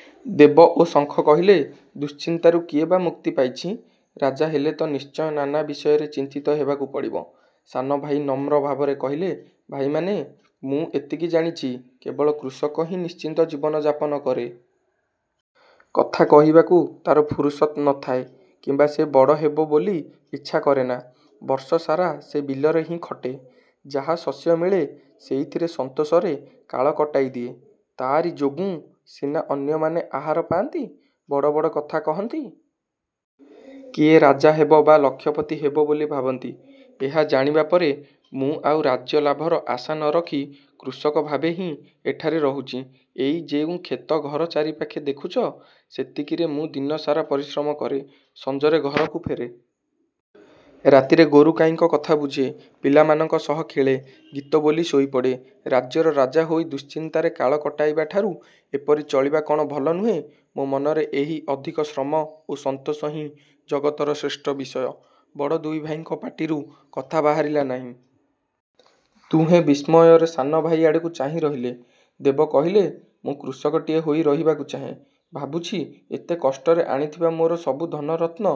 '' ଦେବ ଓ ଶଙ୍ଖ କହିଲେ- ''ଦୁଶ୍ଚିନ୍ତାରୁ କିଏ ବା ମୁକ୍ତି ପାଇଛି? ରାଜା ହେଲେ ତ ନିଶ୍ଚୟ ନାନା ବିଷୟରେ ଚିନ୍ତିତ ହେବାକୁ ପଡ଼ିବ। '' ସାନ ଭାଇ ନମ୍ର ଭାବରେ କହିଲେ- ''ଭାଇମାନେ! ମୁଁ ଏତିକି ଜାଣିଛି, କେବଳ କୃଷକହିଁ ନିଶ୍ଚିନ୍ତ ଜୀବନ ଯାପନକରେ। କଥା କହିବାକୁ ତା'ର ଫୁରୁସତ୍ ନଥାଏ କିମ୍ବା ସେ ବଡ଼ ହେବ ବୋଲି ଇଚ୍ଛା କରେନା। ବର୍ଷସାରା ସେ ବିଲରେ ହିଁ ଖଟେ-ଯାହା ଶସ୍ୟ ମିଳେ ସେଇଥିରେ ସନ୍ତୋଷରେ କାଳ କଟାଇ ଦିଏ। ତା'ରି ଯୋଗୁଁ ସିନା ଅନ୍ୟମାନେ ଆହାର ପାଆନ୍ତି, ବଡ଼ ବଡ଼ କଥା କହନ୍ତି। କିଏ ରାଜା ହେବ ବା ଲକ୍ଷପତି ହେବ ବୋଲି ଭାବନ୍ତି, ଏହା ଜାଣିବା ପରେ ମୁଁ ଆଉ ରାଜ୍ୟଲାଭର ଆଶା ନରଖି କୃଷକ ଭାବେହିଁ ଏଠାରେ ରହୁଛି। ଏଇ ଯେଉଁ କ୍ଷେତ ଘର ଚାରିପାଖେ ଦେଖୁଛ, ସେତିକିରେ ମୁଁ ଦିନସାରା ପରିଶ୍ରମ କରେ। ସଞ୍ଜରେ ଘରକୁ ଫେରେ। ରାତିରେ ଗୋରୁଗାଈଙ୍କ କଥା ବୁଝେ। ପିଲାମାନଙ୍କ ସହ ଖେଳେ। ଗୀତ ବୋଲି ଶୋଇପଡ଼େ। ରାଜ୍ୟର ରାଜା ହୋଇ ଦୁଶ୍ଚିନ୍ତାରେ କାଳ କଟାଇବାଠାରୁ ଏପରି ଚଳିବା କ'ଣ ଭଲ ନୁହେଁ? ମୋ ମନରେ ଏହି ଅଧିକ ଶ୍ରମ ଓ ସନ୍ତୋଷ ହିଁ ଜଗତର ଶ୍ରେଷ୍ଠ ବିଷୟ। '' ବଡ଼ ଦୁଇ ଭାଇଙ୍କ ପାଟିରୁ କଥା ବହାରିଲା ନାହିଁ। ଦୁହେଁ ବିସ୍ମୟରେ ସାନ ଭାଇ ଆଡ଼କୁ ଚାହିଁ ରହିଲେ। ଦେବ କହିଲେ-''ମୁଁ କୃଷକଟିଏ ହୋଇ ରହିବାକୁ ଚାହେଁ। ଭାବୁଛି ଏତେ କଷ୍ଟରେ ଆଣିଥିବା ମୋର ସବୁ ଧନ ରତ୍ନ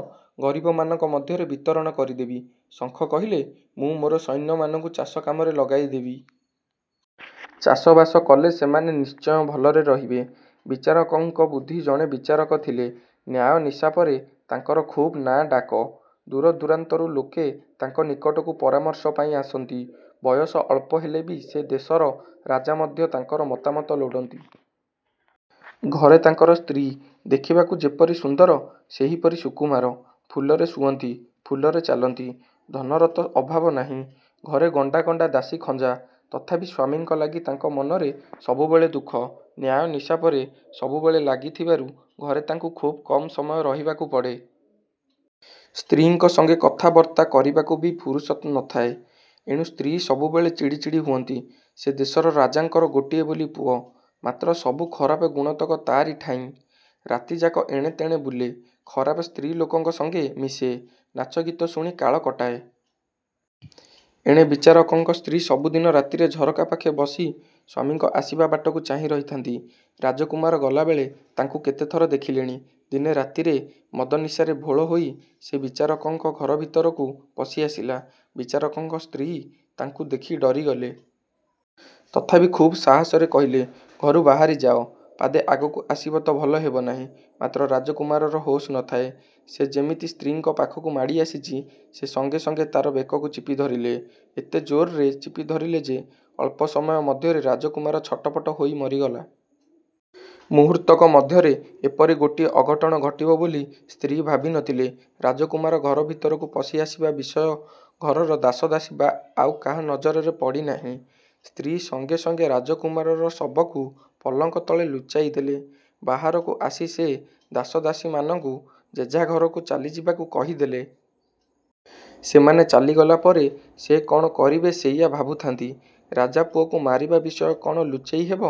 ଗରିବମାନଙ୍କ ମଧ୍ୟରେ ବିତରଣ କରିଦେବି। ଶଙ୍ଖ କହିଲେ- ''ମୁଁ ମୋର ସୈନ୍ୟମାନଙ୍କୁ ଚାଷ କାମରେ ଲଗାଇଦେବି। ଚାଷ ବାସ କଲେ ସେମାନେ ନିଶ୍ଚୟ ଭଲରେ ରହିବେ। '' ବିଚାରକଙ୍କ ବୁଦ୍ଧି ଜଣେ ବିଚାରକ ଥିଲେ। ନ୍ୟାୟ ନିଶାପରେ ତାଙ୍କର ଖୁବ୍ ନାଁ ଡାକ। ଦୂରଦୂରାନ୍ତରରୁ ଲୋକେ ତାଙ୍କ ନିକଟକୁ ପରାମର୍ଶ ପାଇଁ ଆସନ୍ତି। ବୟସ ଅଳ୍ପ ହେଲେ ବି ସେ ଦେଶର ରାଜା ମଧ୍ୟ ତାଙ୍କର ମତାମତ ଲୋଡ଼ନ୍ତି। ଘରେ ତାଙ୍କର ସ୍ତ୍ରୀ। ଦେଖିବାକୁ ଯେପରି ସୁନ୍ଦର ସେହିପରି ସୁକୁମାର। ଫୁଲରେ ଶୁଅନ୍ତି, ଫୁଲରେ ଚାଲନ୍ତି। ଧନର ତ ଅଭାବ ନାହିଁ। ଘରେ ଗଣ୍ଡା ଗଣ୍ଡା ଦାସୀ ଖଞ୍ଜା। ତଥାପି ସ୍ୱାମୀଙ୍କ ଲାଗି ତାଙ୍କ ମନରେ ସବୁବେଳେ ଦୁଃଖ। ନ୍ୟାୟ ନିଶାପରେ ସବୁବେଳେ ଲାଗିଥିବାରୁ ଘରେ ତାଙ୍କୁ ଖୁବ୍ କମ୍ ସମୟ ରହିବାକୁ ପଡ଼େ। ସ୍ତ୍ରୀଙ୍କ ସଙ୍ଗେ କଥାବର୍ତ୍ତା କରିବାକୁ ବି ଫୁରୁସତ୍ ନଥାଏ। ଏଣୁ ସ୍ତ୍ରୀ ସବୁବେଳେ ଚିଡ଼ି ଚିଡ଼ି ହୁଅନ୍ତି। ସେ ଦେଶର ରାଜାଙ୍କର ଗୋଟିଏ ବୋଲି ପୁଅ;। ମାତ୍ର ସବୁ ଖରାପ ଗୁଣତକ ତାରିଠାଇଁ। ରାତିଯାକ ଏଣେ ତେଣେ ବୁଲେ। ଖରାପ ସ୍ତ୍ରୀ ଲୋକଙ୍କ ସଙ୍ଗେ ମିଶେ; ନାଚ ଗୀତ ଶୁଣି କାଳ କଟାଏ। ଏଣେ ବିଚାରକଙ୍କ ସ୍ତ୍ରୀ ସବୁଦିନ ରାତିରେ ଝରକା ପାଖେ ବସି ସ୍ୱାମୀଙ୍କ ଆସିବା ବାଟକୁ ଚାହିଁ ରହିଥାନ୍ତି। ରାଜକୁମାର ଗଲାବେଳେ ତାଙ୍କୁ କେତେଥର ଦେଖିଲେଣି। ଦିନେ ରାତିରେ ମଦନିଶାରେ ଭୋଳ ହୋଇ ସେ ବିଚାରକଙ୍କ ଘର ଭିତରକୁ ପଶିଆସିଲା। ବିଚାରକଙ୍କ ସ୍ତ୍ରୀ ତାଙ୍କୁ ଦେଖି ଡରିଗଲେ। ତଥାପି ଖୁବ୍ ସାହସରେ କହିଲେ- ''ଘରୁ ବାହାରି ଯାଅ, ପାଦେ ଆଗକୁ ଆସିବତ ଭଲ ହେବନାହିଁ। ' ମାତ୍ର ରାଜକୁମାରର ହୋସ୍ ନଥାଏ, ସେ ଯେମିତି ସ୍ତ୍ରୀଙ୍କ ପାଖକୁ ମାଡ଼ି ଆସିଛି, ସେ ସଙ୍ଗେ ସଙ୍ଗେ ତା'ର ବେକକୁ ଚିପି ଧରିଲେ। ଏତେ ଜୋର୍ରେ ଚିପିଧରିଲେ ଯେ, ଅଳ୍ପ ସମୟ ମଧ୍ୟରେ ରାଜକୁମାର ଛଟପଟ ହୋଇ ମରିଗଲା। ମୁହୂର୍ତ୍ତକ ମଧ୍ୟରେ ଏପରି ଗୋଟିଏ ଅଘଟଣ ଘଟିବ ବୋଲି ସ୍ତ୍ରୀ ଭାବି ନଥିଲେ। ରାଜକୁମାର ଘର ଭିତରକୁ ପଶିଆସିବା ବିଷୟ ଘରର ଦାସ ଦାସୀ ବା ଆଉ କାହା ନଜରରେ ପଡ଼ିନାହିଁ। ସ୍ତ୍ରୀ ସଙ୍ଗେ ସଙ୍ଗେ ରାଜକୁମାରର ଶବକୁ ପଲଙ୍କ ତଳେ ଲୁଚାଇଦେଲେ। ବାହାରକୁ ଆସି ସେ ଦାସଦାସୀମାନଙ୍କୁ ଯେଝା ଘରକୁ ଚାଲିଯିବାକୁ କହିଦେଲେ। ସେମାନେ ଚାଲିଗଲା ପରେ ସେ କ'ଣ କରିବେ ସେଇଆ ଭାବୁଥାନ୍ତି। ରାଜାପୁଅକୁ ମାରିବା ବିଷୟ କ'ଣ ଲୁଚେଇ ହେବ?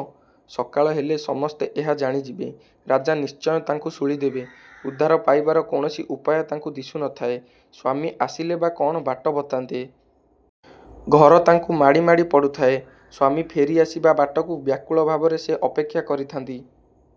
ସକାଳ ହେଲେ ସମସ୍ତେ ଏହା ଜାଣିଯିବେ। ରାଜା ନିଶ୍ଚୟ ତାଙ୍କୁ ଶୂଳିଦେବେ। ଉଦ୍ଧାର ପାଇବାର କୌଣସି ଉପାୟ ତାଙ୍କୁ ଦିଶୁନଥାଏ। ସ୍ୱାମୀ ଆସିଲେ ବା କ'ଣ ବାଟ ବତାନ୍ତେ। ଘର ତାଙ୍କୁ ମାଡ଼ି ମାଡ଼ି ପଡ଼ୁଥାଏ। ସ୍ୱାମୀ ଫେରିଆସିବା ବାଟକୁ ବ୍ୟାକୁଳ ଭାବରେ ସେ ଅପେକ୍ଷା କରିଥାନ୍ତି।